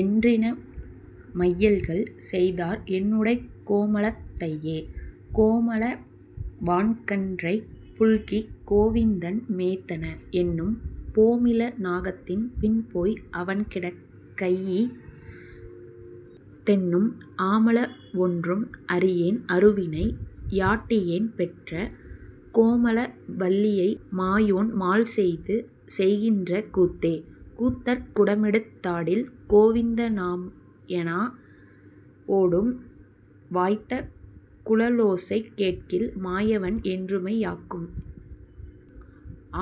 என்றின மையல்கள் செய்தார் என்னுடைக் கோமளத் தையே.. கோமள வான்கன்றைப் புல்கிக் கோவிந்தன் மேய்த்தன என்னும், போமிள நாகத்தின் பின்போய் அவன்கிடக் கையீ தென்னும், ஆமள வொன்றும் அறியேன் அருவினை யாட்டியேன் பெற்ற, கோமள வல்லியை மாயோன் மால்செய்து செய்கின்ற கூத்தே.. கூத்தர் குடமெடுத் தாடில் கோவிந்த னாம் எனா ஓடும், வாய்த்த குழலோசை கேட்கில் மாயவன் என்றுமை யாக்கும்,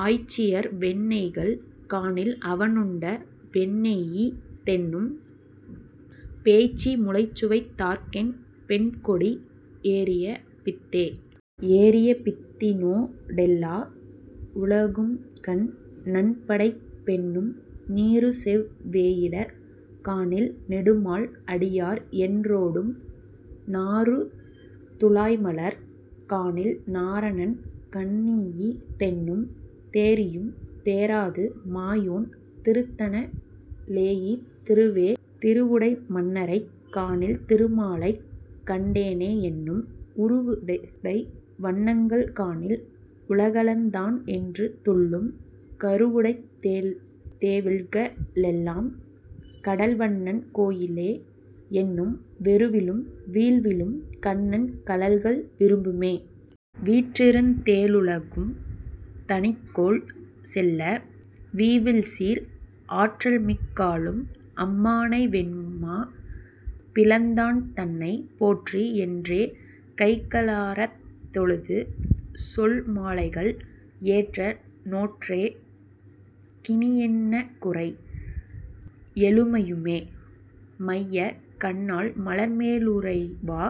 ஆய்ச்சியர் வெண்ணெய்கள் காணில் அவனுண்ட வெண்ணெயீ தென்னும், பேய்ச்சி முலைசுவைத் தாற்கென் பெண்கொடி யேறிய பித்தே.. ஏறிய பித்தினோ டெல்லா வுலகும்கண் ணன்படைப் பென்னும் நீறுசெவ் வேயிடக் காணில் நெடுமால் அடியார் என் றோடும், நாறு துழாய்மலர் காணில் நாரணன் கண்ணியீ தென்னும், தேறியும் தேறாது மாயோன் திறத்தன ளேயித் திருவே.. திருவுடை மன்னரைக் காணில் திருமாலைக் கண்டேனே என்னும், உருவுடை வண்ணங்கள் காணில் உலகளந் தான் என்று துள்ளும், கருவுடைத் தேவில்க ளெல்லாம் கடல்வண்ணன் கோயிலே என்னும் வெருவிலும் வீழ்விலும் கண்ணன் கழல்கள் விரும்புமே.. வீற்றிருந் தேழுலகும் தனிக்கோல் செல்ல, வீவில்சீர், ஆற்றல்மிக் காளும் அம்மானைவெம்மா பிளந்தான்தன்னை, போற்றி யென்றே கைகளாரத் தொழுது சொல்மாலைகள், ஏற்ற நோற்றேற் கினியென்னகுறை யெழுமையுமே?. மைய கண்ணாள் மலர்மேலுறைவா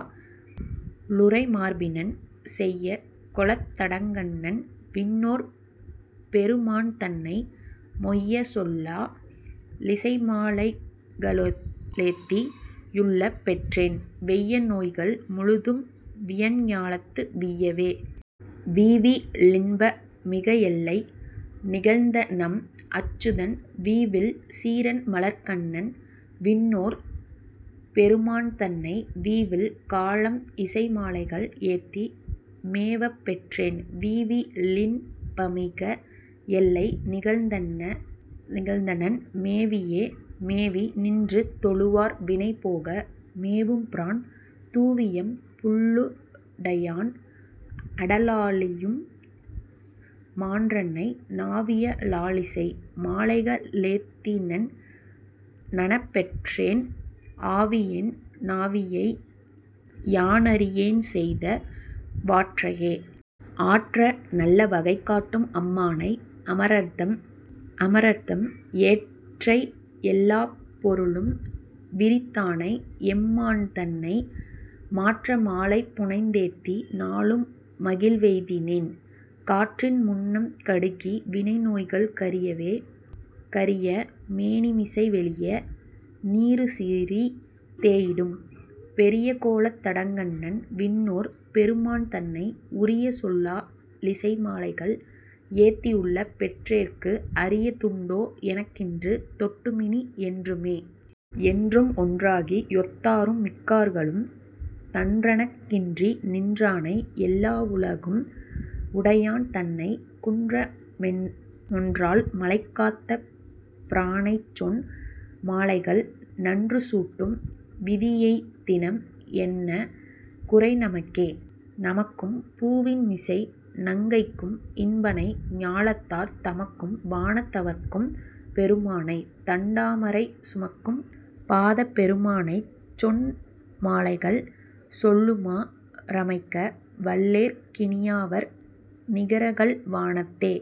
ளுறைமார்பினன், செய்ய கொலத் தடங்கண்ணன் விண்ணோர் பெருமான்தன்னை மொய்ய சொல்லா லிசைமாலைகளேத்தி யுள்ளப் பெற்றேன், வெய்ய நோய்கள் முழுதும் வியன்ஞாலத்து வீயவே.. வீவி லின்ப மிகஎல்லை நிகழ்ந்தநம் அச்சுதன், வீவில் சீரன் மலர்க்கண்ணன் விண்ணோர் பெருமான்தன்னை, வீவில் காலம் இசைமாலைகள் ஏத்தி மேவப்பெற்றேன், வீவி லின்பமிக எல்லை நிகழ்ந்தனன் மேவியே.. மேவி நின்று தொழுவார் வினைபோக மேவும்பிரான், தூவியம் புள்ளு டையான் அடலாழியம் மான்றன்னை, நாவிய லாலிசை மாலைக ளேத்திநண் ணப்பெற்றேன், ஆவியென் னாவியை யானறியேன்செய்த வாற்றையே.. ஆற்ற நல்ல வகைகாட்டும் அம்மானை, அமரர்தம் ஏற்றை யெல்லாப் பொருளும் விரித்தானை எம்மான்தன்னை, மாற்ற மாலை புனைந்தேத்தி நாளும் மகிழ்வெய்தினேன், காற்றின் முன்னம் கடுகி வினைநோய்கள் கரியவே.. கரிய மேனிமிசை வெளிய நீறுசிறி தேயிடும், பெரிய கோலத் தடங்கண்ணன் விண்ணோர் பெருமான்தன்னை, உரிய சொல்லா லிசைமாலைகள் ஏத்தியுள்ளப் பெற்றேற்கு, அரிய துண்டோ எனக்கின்று தொட்டுமினி யென்றுமே?. என்றும் ஒன்றாகி யொத்தாரும்மிக்கார்களும், தன்றனக் கின்றி நின்றானை யெல்லாவுலகும் உடையான் தன்னை, குன்ற மொன்றால் மழைகாத்தபிரானைச்சொன் மாலைகள், நன்று சூட்டும் விதியெய்தினம் என்ன குறைநமக்கே?. நமக்கும் பூவின்மிசை நங்கைக்கும் இன்பனை, ஞாலத்தார் தமக்கும் வானத் தவர்க்கும் பெருமானை, தண்டாமரை சுமக்கும் பாதப் பெருமானைச் சொன்மாலைகள், சொல்லுமா றமைக்க வல்லேற் கினியாவர் நிகரகல் வானத்தே?.